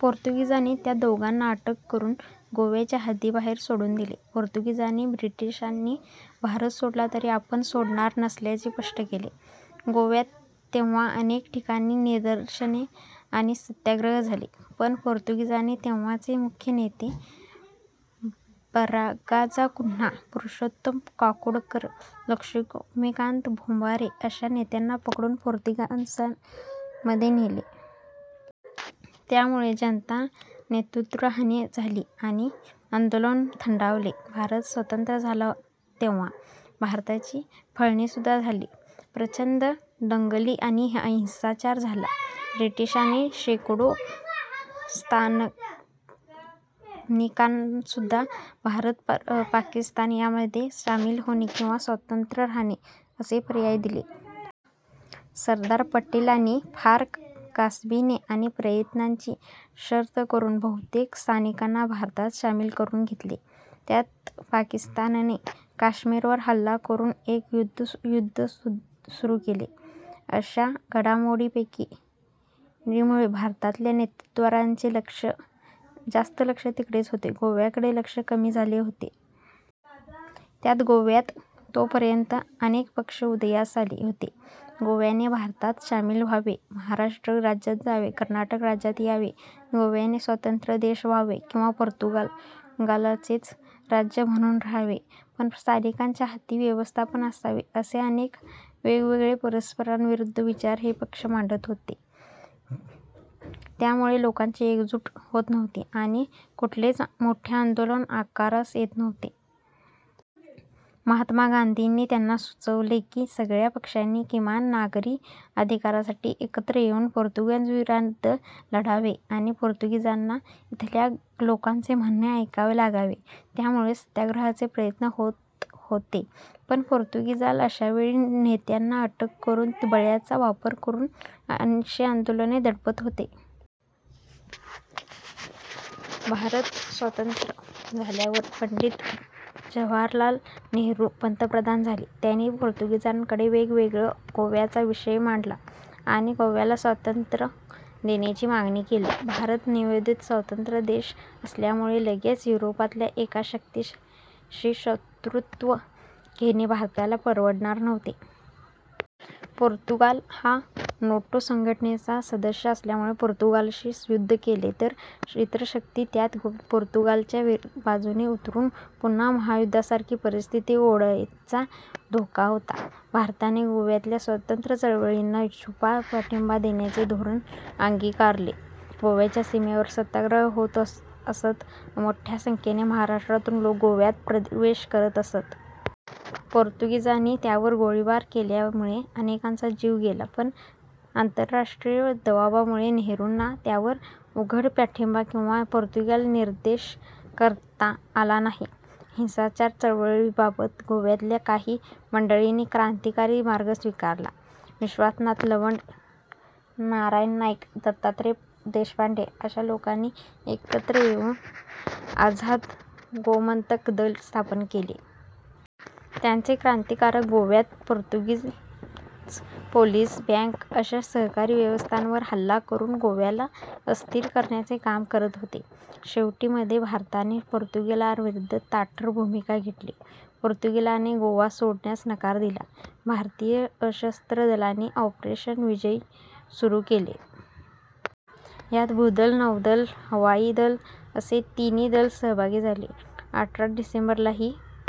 पोर्तुगीजांनी त्या दोघांना अटक करून गोव्याच्या हद्दीबाहेर सोडून दिले. पोर्तुगीजांनी ब्रिटिशांनी भारत सोडला तरी आपण सोडणार नसल्याचे स्पष्ट केले. गोव्यात तेव्हा अनेक ठिकाणी निदर्शने आणि सत्याग्रह झाले, पण पोर्तुगीजांनी तेव्हाचे मुख्य नेते ब्रागांझा कुन्हा, पुरुषोत्तम काकोडकर, लक्ष्मीकांत भेम्बरे अशा नेत्यांना पकडुन पोर्तुगालमध्ये नेले. त्यामुळे जनता नेतृत्वहीन झाली आणि आंदोलन थंडावले. भारत स्वतंत्र झाला तेव्हा भारताची फाळणीसुद्धा झाली. प्रचंड दंगली आणि हिंसाचार झाला. ब्रिटिशांनी शेकडो संस्थानिकांनासुद्धा भारत, पाकिस्तान यामध्ये सामील होणे किंवा स्वतंत्र राहणे असे पर्याय दिले. सरदार पटेलांनी फार कसबीने आणि प्रयत्नांची शर्थ करून बहुतेक संस्थानिकांना भारतात सामील करून घेतले. त्यात पाकिस्तानने काश्मीरवर हल्ला करून एक युद्धसुद्धा सुरु केले. अशा घडामोडींमुळे भारतातल्या नेतृत्वाचे जास्त लक्ष तिकडेच होते, गोव्याकडे लक्ष कमी झाले होते. त्यात गोव्यात तोपर्यंत अनेक पक्ष उदयास आले होते. गोव्याने भारतात सामील व्हावे, महाराष्ट्र राज्यात जावे. कर्नाटक राज्यात जावे, गोव्याने स्वतंत्र देश व्हावे किंवा पोर्तुगालचेच राज्य म्हणुन राहावे पण स्थानिकांच्या हाती व्यवस्थापन असावे असे अनेक वेगवेगळे परस्परविरोधी विचार हे पक्ष मांडत होते, त्यामुळे लोकांची एकजूट होत नव्हती आणि कुठलेच मोठे आंदोलन आकारास येत नव्हते. महात्मा गांधींनी त्यांना सुचवले कि सगळ्या पक्षांनी किमान नागरी अधिकारांसाठी एकत्र होऊन पोर्तुगीजांविरुद्ध लढावे म्हणजे पोर्तुगीजांना इथल्या लोकांचे म्हणणे ऐकावे लागेल. त्यानुसार सत्याग्रहाचे प्रयत्न होत होते पण पोर्तुगीज अशावेळी नेत्यांना अटक करून बळाचा वापर करून अशी आंदोलने दडपत होते. भारत स्वतंत्र झाल्यावर पंडित जवाहरलाल नेहरू पंतप्रधान झाले. त्यांनी पोर्तुगालकडे वेळोवेळी गोव्याचा विषय मांडला आणि गोव्याला स्वातंत्र्य देण्याची मागणी केली. भारत नवोदित स्वतंत्र देश असल्यामुळे लगेच युरोपातल्या एका शक्तीशी शत्रुत्व घेणे भारताला परवडणार नव्हते. पोर्तुगाल हा नाटो संघटनेचा सदस्य असल्यामुळे पोर्तुगालशी युद्ध केले तर इतर शक्ती त्यात पोर्तुगालच्या बाजूने उतरून पुन्हा महायुद्धासारखी परिस्थिती ओढवण्याचा धोका होता. भारताने गोव्यातल्या स्वातंत्र्य चळवळींना छुपा पाठिंबा देण्याचे धोरण अंगिकारले. गोव्याच्या सीमेवर सत्याग्रह होत असत, मोठ्या संख्येने महाराष्टरातून लोक गोव्यात प्रवेश करत असत. पोर्तुगीजांनी त्यावर गोळीबार केल्यामुळे अनेकांचा जीव गेला, पण आंतरराष्ट्रीय दबावामुळे नेहरूंना त्यावर उघड पाठिंबा किंवा पोर्तुगालच्या निषेध करता आला नाही. अहिंसक चळवळीसोबतच गोव्यातल्या काही मंडळींनी क्रांतिकारी मार्ग स्वीकारला. विश्वनाथ लावंड, नारायण नाईक, दत्तात्रय देशपांडे अशा लोकांनी एकत्र येऊन आझाद गोमंतक दल स्थापन केले. त्यांचे क्रांतिकारक गोव्यात पोर्तुगीज पोलीस, बँक अशा सरकारी व्यवस्थांवर हल्ला करून गोव्याला अस्थिर करण्याचे काम करत होते. शेवटी मध्ये भारताने पोर्तुगालविरुद्ध ताठर भूमिका घेतली. पोर्तुगालने गोवा सोडण्यास नकारच दिला. भारतीय सशस्त्र दलांनी ऑपरेशन विजय सुरु केले. ह्यात भूदल, नौदल, हवाई दल असे तिन्ही दल सहभागी झाले. अठरा डिसेंबर ला हि